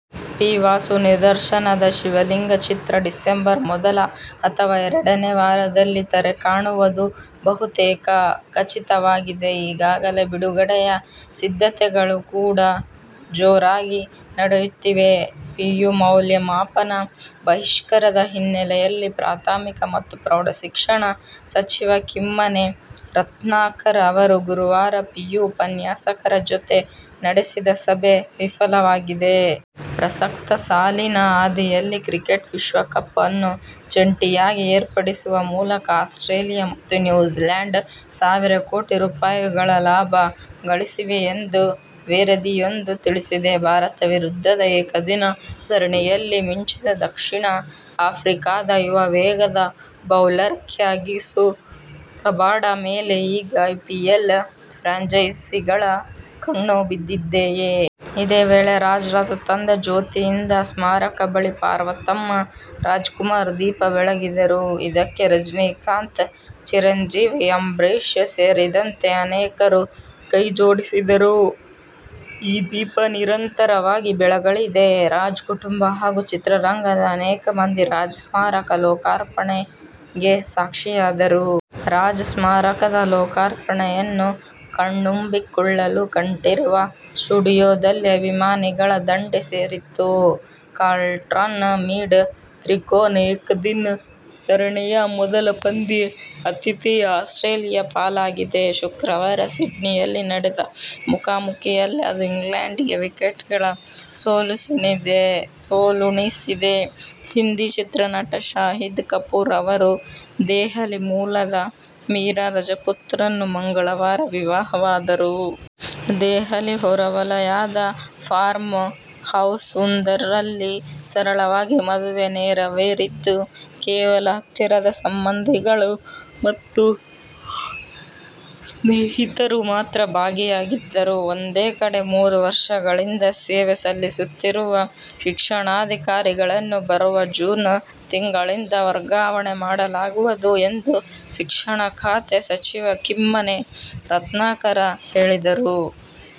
P. Vasu ನಿರ್ದೇಶನದ "ಶಿವಲಿಂಗ' ಚಿತ್ರ December ಮೊದಲ ಅಥವಾ ಎರಡನೇ ವಾರದಲ್ಲಿ ತೆರೆಕಾಣುವುದು ಬಹುತೇಕ ಖಚಿತವಾಗಿದೆ. ಈಗಾಗಲೇ ಬಿಡುಗಡೆಯ ಸಿದ್ಧತೆಗಳು ಕೂಡಾ ಜೋರಾಗಿ ನಡೆಯುತ್ತಿವೆ. ಪಿಯು ಮೌಲ್ಯಮಾಪನ ಬಹಿಷ್ಕಾರದ ಹಿನ್ನೆಲೆಯಲ್ಲಿ ಪ್ರಾಥಮಿಕ ಮತ್ತು ಪ್ರೌಢಶಿಕ್ಷಣ ಸಚಿವ ಕಿಮ್ಮನೆ ರತ್ನಾಕರ್ ಅವರು ಗುರುವಾರ ಪಿಯು ಉಪನ್ಯಾಸಕರ ಜೊತೆ ನಡೆಸಿದ ಸಭೆ ವಿಫಲವಾಗಿದೆ. ಪ್ರಸಕ್ತ ಸಾಲಿನ ಆದಿಯಲ್ಲಿ ಕ್ರಿಕೆಟ್ ವಿಶ್ವಕಪ್ ಅನ್ನು ಜಂಟಿಯಾಗಿ ಏರ್ಪಡಿಸುವ ಮೂಲಕ ಆಸ್ಟ್ರೇಲಿಯ ಮತ್ತು ನ್ಯೂಜೀಲ್ಯಾಂಡ್ ಸಾವಿರ ಕೋಟಿ ರೂ. ಗಳ ಲಾಭ ಗಳಿಸಿವೆಯೆಂದು ವರದಿಯೊಂದು ತಿಳಿಸಿದೆ. ಭಾರತ ವಿರುದ್ಧದ ಏಕದಿನ ಸರಣಿಯಲ್ಲಿ ಮಿಂಚಿದ ದಕ್ಷಿಣ ಆಫ್ರಿಕಾದ ಯುವ ವೇಗದ ಬೌಲರ್ ಕ್ಯಾಗಿಸೊ ರಬಾಡ ಮೇಲೆ ಈಗ ಐಪಿಎಲ್ ಫ್ರಾಂಚೈಸಿಗಳ ಕಣ್ಣುಬಿದ್ದಿದೆಯೇ? ಇದೇ ವೇಳೆ ರಾಜ್ ರಥ ತಂದ ಜ್ಯೋತಿಯಿಂದ ಸ್ಮಾರಕ ಬಳಿ ಪಾರ್ವತಮ್ಮ ರಾಜ್ಕುಮಾರ್ ದೀಪ ಬೆಳಗಿದರು. ಇದಕ್ಕೆ ರಜನಿಕಾಂತ್, ಚಿರಂಜೀವಿ, ಅಂಬರೀಶ್ ಸೇರಿದಂತೆ ಅನೇಕರು ಕೈ ಜೋಡಿಸಿದರು. ಈ ದೀಪ ನಿರಂತರವಾಗಿ ಬೆಳಗಲಿದೆ. ರಾಜ್ ಕುಟುಂಬ ಹಾಗೂ ಚಿತ್ರರಂಗದ ಅನೇಕ ಮಂದಿ ರಾಜ್ ಸ್ಮಾರಕ ಲೋಕಾರ್ಪಣೆಗೆ ಸಾಕ್ಷಿಯಾದರು. ರಾಜ್ ಸ್ಮಾರಕದ ಲೋಕಾರ್ಪಣೆಯನ್ನು ಕಣ್ತುಂಬಿಕೊಳ್ಳಲು ಕಂಠೀರವ ಸ್ಟುಡಿಯೋದಲ್ಲಿ ಅಭಿಮಾನಿಗಳ ದಂಡೇ ಸೇರಿತ್ತು. "ಕಾರ್ಲ್ಟನ್ ಮಿಡ್' ತ್ರಿಕೋನ ಏಕದಿನ ಸರಣಿಯ ಮೊದಲ ಪಂದ್ಯ ಆತಿಥೇಯ ಆಸ್ಟ್ರೇಲಿಯ ಪಾಲಾಗಿದೆ. ಶುಕ್ರವಾರ ಸಿಡ್ನಿಯಲ್ಲಿ ನಡೆದ ಮುಖಾಮುಖೀಯಲ್ಲಿ ಅದು ಇಂಗ್ಲೆಂಡಿಗೆ ವಿಕೆಟ್ಗಳ ಸೋಲುಣಿಸಿದೆ. ಹಿಂದಿ ಚಿತ್ರ ನಟ ಶಾಹಿದ್ ಕಪೂರ್ ಅವರು ದೆಹಲಿ ಮೂಲದ ಮೀರಾ ರಜಪೂತ್ರನ್ನು ಮಂಗಳವಾರ ವಿವಾಹವಾದರು. ದೆಹಲಿ ಹೊರವಲಯದ ಫಾರ್ಮ್ ಹೌಸ್ವೊಂದರಲ್ಲಿ ಸರಳವಾಗಿ ಮದುವೆ ನೆರವೇರಿದ್ದು, ಕೇವಲ ಹತ್ತಿರದ ಸಂಬಂಧಿಗಳು ಮತ್ತು ಸ್ನೇಹಿತರು ಮಾತ್ರ ಭಾಗಿಯಾಗಿದ್ದರು. ಒಂದೇ ಕಡೆ ಮೂರು ವರ್ಷಗಳಿಂದ ಸೇವೆ ಸಲ್ಲಿಸುತ್ತಿರುವ ಶಿಕ್ಷಣಾಧಿಕಾರಿಗಳನ್ನು ಬರುವ ಜೂನ್ ತಿಂಗಳಿಂದ ವರ್ಗಾವಣೆ ಮಾಡಲಾಗುವುದು ಎಂದು ಶಿಕ್ಷಣ ಖಾತೆ ಸಚಿವ ಕಿಮ್ಮನೆ ರತ್ನಾಕರ ಹೇಳಿದರು.